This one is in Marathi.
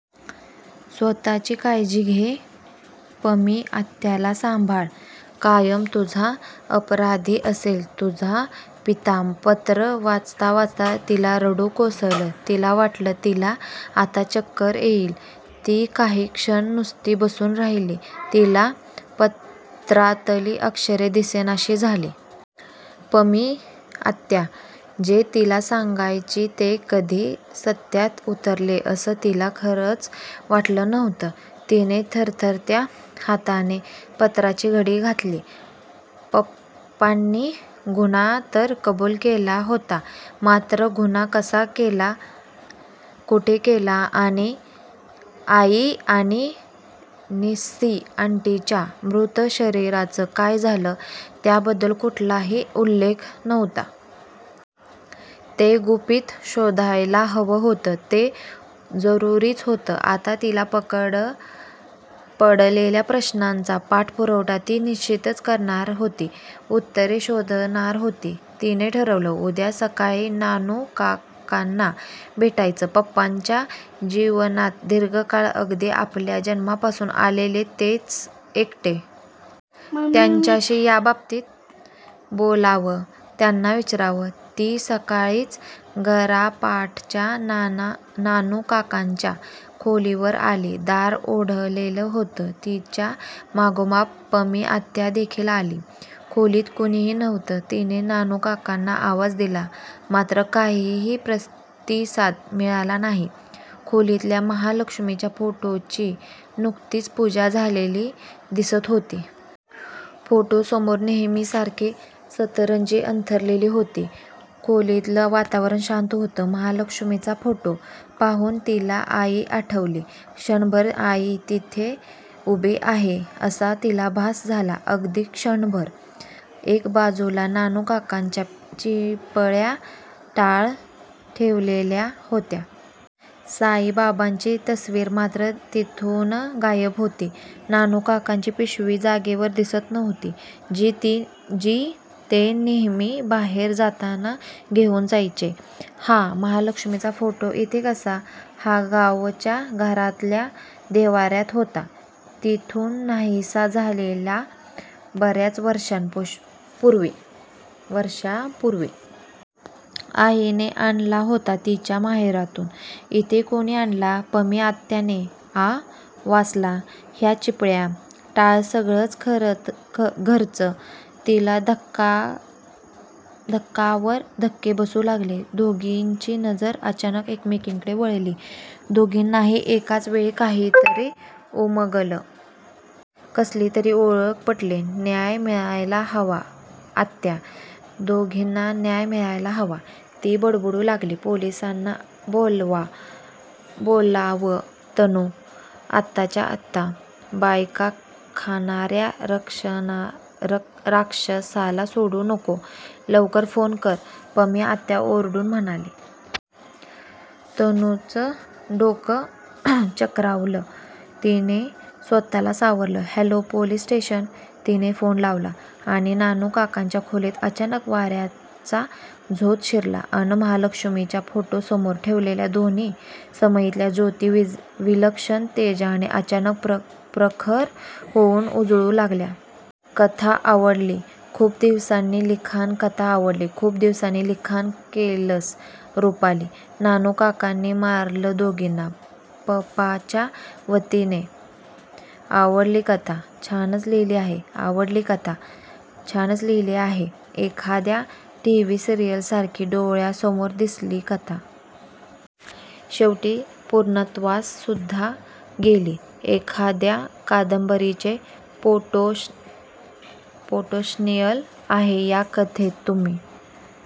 स्वतःची काळजी घे.. पमी आत्याला सांभाळ..!! कायम तुझा अपराधी असलेला तुझा पिता पत्र वाचता वाचता तिला रडू कोसळले. तिला वाटलं, तिला आता चक्कर येईल. ती काही क्षण नुसती बसून राहिली. तिला पत्रातली अक्षरे दिसेनाशी झाली. पमी आत्या जे तिला सांगायची ते कधी सत्यात उतरेल असं तिला खरंच वाटलं नव्हतं. तिने थरथरत्या हाताने पत्राची घडी घातली. पप्पांनी गुन्हा तर कबूल केला होता मात्र गुन्हा कसा केला, कुठे केला.. आई आणि निस्सी आंटीच्या मृत शरीराचं काय झालं त्याबदद्ल कुठलाही उल्लेख नव्हता. ते गुपित शोधायला हवं होतं. ते जरुरीचं होतं. आता तिला पडलेल्या प्रश्नांचा पाठपुरावा ती निश्चितच करणार होती. उत्तरे शोधणार होती. तिने ठरवलं, उद्या सकाळी नानूकाकांना भेटायचं. पप्पांच्या जीवनात दीर्घकाळ अगदी आपल्या जन्मापासून आलेले तेच एकटे.. त्यांच्याशी याबाबतीत बोलावं.. त्यांना विचारावं..! ती सकाळीच घरापाठच्या नानूकाकांच्या खोलीवर आली. दार ओढलेले होते. तिच्या मागोमाग पमी आत्या देखील आली. खोलीत कुणीही नव्हते. तिने नानूकाकांना आवाज दिला मात्र काहीही प्रतिसाद मिळाला नाही. खोलीतल्या महालक्ष्मीच्या फोटोची नुकतीच पूजा झालेली दिसत होती. फोटोसमोर नेहमीसारखी सतरंजी अंथरलेली होती. खोलीतलं वातावरण शांत होतं. महालक्ष्मीचा फोटो पाहून तिला आई आठवली. क्षणभर आई तिथे उभी आहे असा तिला भास झाला. अगदी क्षणभर..! एक बाजूला नानूकाकांच्या चिपळ्या, टाळ ठेवलेल्या होत्या. साईबाबांची तस्वीर मात्र तिथून गायब होती. नानूकाकांची पिशवी जागेवर दिसत नव्हती जी ते नेहमी बाहेर जाताना घेऊन जायचे. " हा महालक्ष्मीचा फोटो इथे कसा..? हा गावच्या घरातल्या देव्हाऱ्यात होता. तिथून नाहिसा झालेला बऱ्याच वर्षापूर्वी.. आईने आणला होता तिच्या माहेरातून. इथे कुणी आणला..? " पमी आत्याने 'आ' वासला. " ह्या चिपळ्या, टाळ सगळंच घरचं..! " तिला धक्क्यावर धक्के बसू लागले. दोघींची नजर अचानक एकमेकींकडे वळली. दोघींनाही एकाच वेळी काहीतरी उमगलं. कसली तरी ओळख पटली. " न्याय मिळायला हवा आत्या, दोघींनाही न्याय मिळायला हवा..! " ती बडबडू लागली. " पोलिसांना बोलावं तनू... आत्ताच्या आत्ता... बायका खाणाऱ्या राक्षसाला सोडू नको.. लवकर फोन कर..! " पमी आत्या ओरडून म्हणाली. तनूचं डोकं चक्रावलं. तिने स्वतःला सावरलं. " हॅलो, पोलिस स्टेशन..! " तिने फोन लावला आणि नानूकाकांच्या खोलीत अचानक वाऱ्याचा झोत शिरला अन् महालक्ष्मीच्या फोटो समोर ठेवलेल्या दोन्ही समईतल्या ज्योती विलक्षण तेजाने अचानक प्रखर होऊन उजळू लागल्या. कथा आवडली. खूप दिवसांनी लिखाण कथा आवडली. खूप दिवसांनी लिखाण केलंस रुपाली. नानू काकांनी मारलं दोघींना? पपा च्या वतीने? आवडली कथा. छानच लिहिली आहे. आवडली कथा. छानच लिहिली आहे. एखाद्या टीव्ही सिरीयलसारखी डोळ्यासमोर दिसली कथा. शेवटी पूर्णत्वास सुद्धा गेली. एखाद्या कादंबरीचे पोटेन्शियल आहे या कथेत. तुम्ही